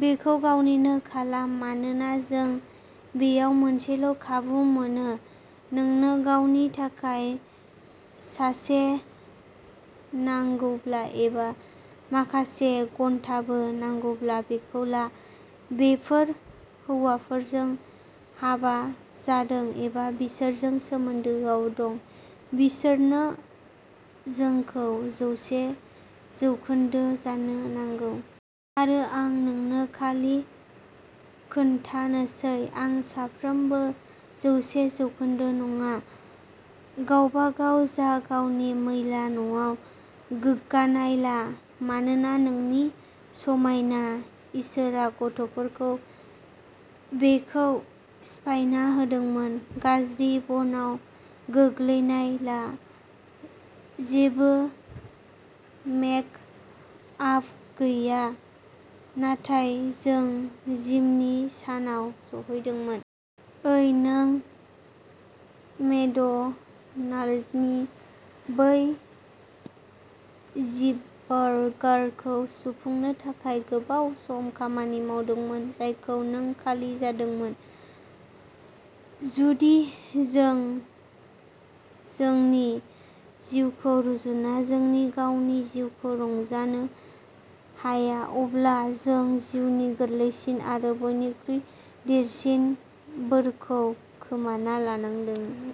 बेखौ गावनिनो खालाम मानोना जों बेयाव मोनसेल' खाबु मोनो नोंनो गावनि थाखाय सानसे नांगौब्ला, एबा माखासे घन्टाबो नांगौब्ला, बेखौ ला बेफोर हौवाफोरजों जों हाबा जादों, एबा बिसोरजों सोमोन्दोआव दं बिसोरनो जोंखौ जौसे जौखोनदो जानो नांगौ। आरो आं नोंनो खालि खोन्थानोसै, आं सानफ्रोमबो जौसे जौखोनदो नङा। गावबागाव जा गावनि मैला न'आव गोग्गानाय ला, मानोना नोंनि समायना, इसोरआ गथ'फोरखौ बेखौ सिफायना होदोंमोन। गाज्रि बनआव गोग्गानाय ला, जेबो मेक आप गैया, नाथाय नों जिमनि सानाव सौहैदोंमोन। ओइ, नों मेकड'नाल्डनि बै चीजबार्गारखौ सुफुंनो थाखाय गोबाव सम खामानि मावदोंमोन, जायखौ नों खालि जादोंमोन। जुदि जों जोंनि जिउखौ रुजुना जोंनि गावनि जिउखौ रंजानो हाया, अब्ला जों जिउनि गोरलैसिन आरो बयनिख्रुइ देरसिन बोरखौ खोमाना लादोंमोन।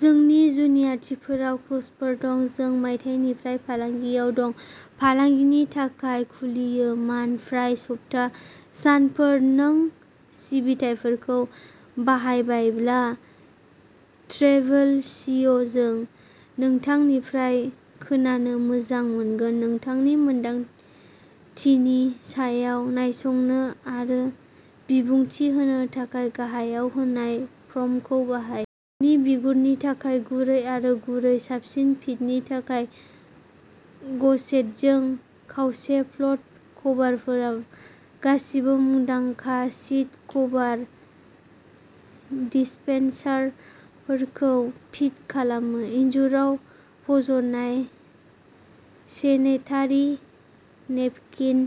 जोंनि जुनियाथिफोराव क्रुजफोर दं। जों मायथाइनिफ्राय फालांगियाव दं। फालांगिनि थाखाय खुलियो मन फ्राइ सप्ता सानफोर। नों सिबिथाइफोरखौ बाहायबायब्ला। ट्रेभेल सि अ जों नोंथांनिफ्राय खोनानो मोजां मोनगोन नोंथांनि मोन्दांथिनि सायाव नायसंनो आरो बिबुंथि होनो थाखाय गाहायाव होनाय फर्मखौ बाहाय। गथ'नि बिगुरनि थाखाय गुरै आरो गुरै। साबसिन फिटनि थाखाय गसेटजों। खावसे फल्ड कभारफोरा गासिबो मुंदांखा सिट कभार डिस्पेनसारफोरखौ फिट खालामो। इनजुराव फज'नाय सेनेटारि नेपकिन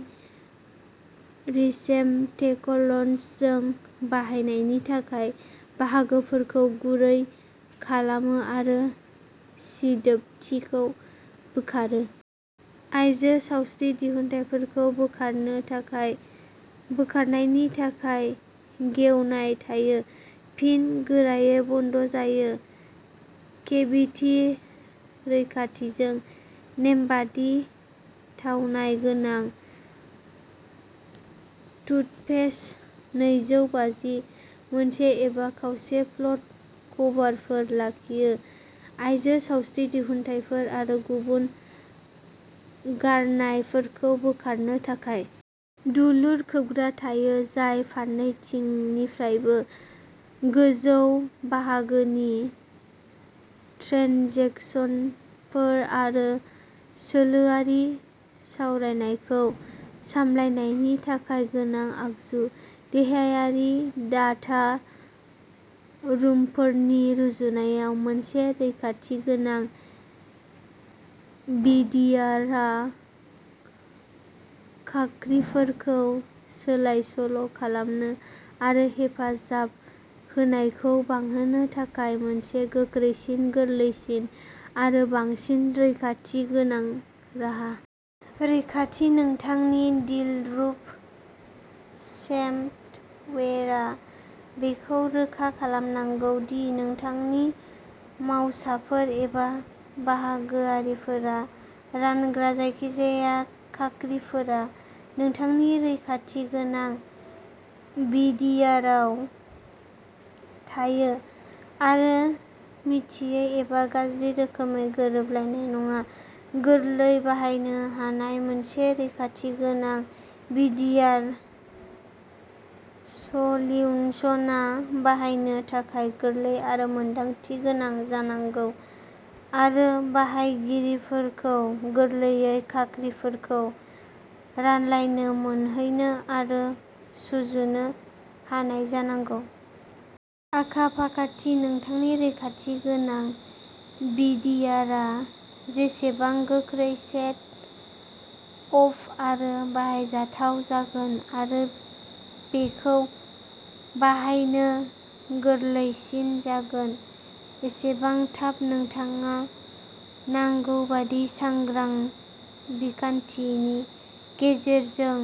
रिसेप्टेकल्सजों बाहायनायनि थाखाय। बाहागोफोरखौ गुरै खालामो आरो सिदोबथिखौ बोखारो। आइजो सावस्रि दिहुनथायफोरखौ बोखारनो थाखाय। बोखारनायनि थाखाय गेवनाय थायो, फिन गोरायै बन्द जायो। केभिटि रैखाथिजों नेमबादि थावनाय गोनां टुथपेस्ट। नैजौ बाजि मोनसे एबा खावसे फल्ड कभारफोर लाखियो। आइजो सावस्रि दिहुनथायफोर आरो गुबुन गारनायफोरखौ बोखारनो थाखाय। दुलुर खोबग्रा थायो जाय फारनैथिंनिफ्रायबो गोजौ बाहागोनि ट्रेन्जेकसनफोर आरो सोलोआरि सावरायनायखौ सामलायनायनि थाखाय गोनां आगजु। देहायारि डाटा रुमफोरनि रुजुनायाव, मोनसे रैखाथि गोनां भि डि आर आ खाख्रिफोरखौ सोलाय सोल'खालामनो आरो हेफाजाब होनायखौ बांहोनो थाखाय मोनसे गोख्रैसिन, गोरलैसिन आरो बांसिन रैखाथि गोनां राहा। रैखाथि नोंथांनि डिल रुम सफ्टवेयारआ बेखौ रोखा खालामनांगौ दि नोंथांनि मावसाफोर एबा बाहागोआरिफोरा रानग्रा जायखिजाया खाख्रिफोरा नोंथांनि रैखाथि गोनां भि डि आरआव थायो आरो मिथियै एबा गाज्रि रोखोमै गोरोबलायनाय नङा। गोरलैयै बाहायनो हानाय मोनसे रैखाथि गोनां भि डि आर सलिउसना बाहायनो थाखाय गोरलै आरो मोनदांथि गोनां जानांगौ आरो बाहायगिरिफोरखौ गोरलैयै खाख्रिफोरखौ रानलायनो मोनहैनो आरो सुजुनो हानाय जानांगौ। आखा फाखाथि नोंथांनि रैखाथि गोनां भि डि आर आ जेसेबां गोख्रै सेट आप आरो बाहायजाथाव जागोन आरो बेखौ बाहायनो गोरलैसिन जागोन, एसेबां थाब नोंथाङा नांगौ बायदि सांग्राथि बिखान्थिनि गेजेरजों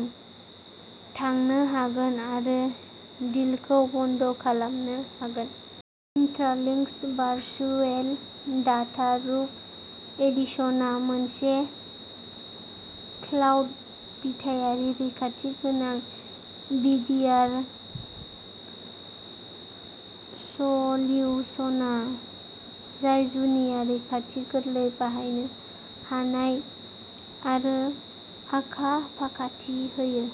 थांनो हागोन आरो डिलखौ बन्द खालामनो हागोन। इन्ट्रालिंकस भारचुयेएल डाटा रुम एडिशनआ मोनसे क्लाउड बिथायारि रैखाथि गोनां भि डि आर सलिउसना जाय जुनिया रैखाथि, गोरलैयै बाहायनो हानाय आरो आखा फाखाथि होयो।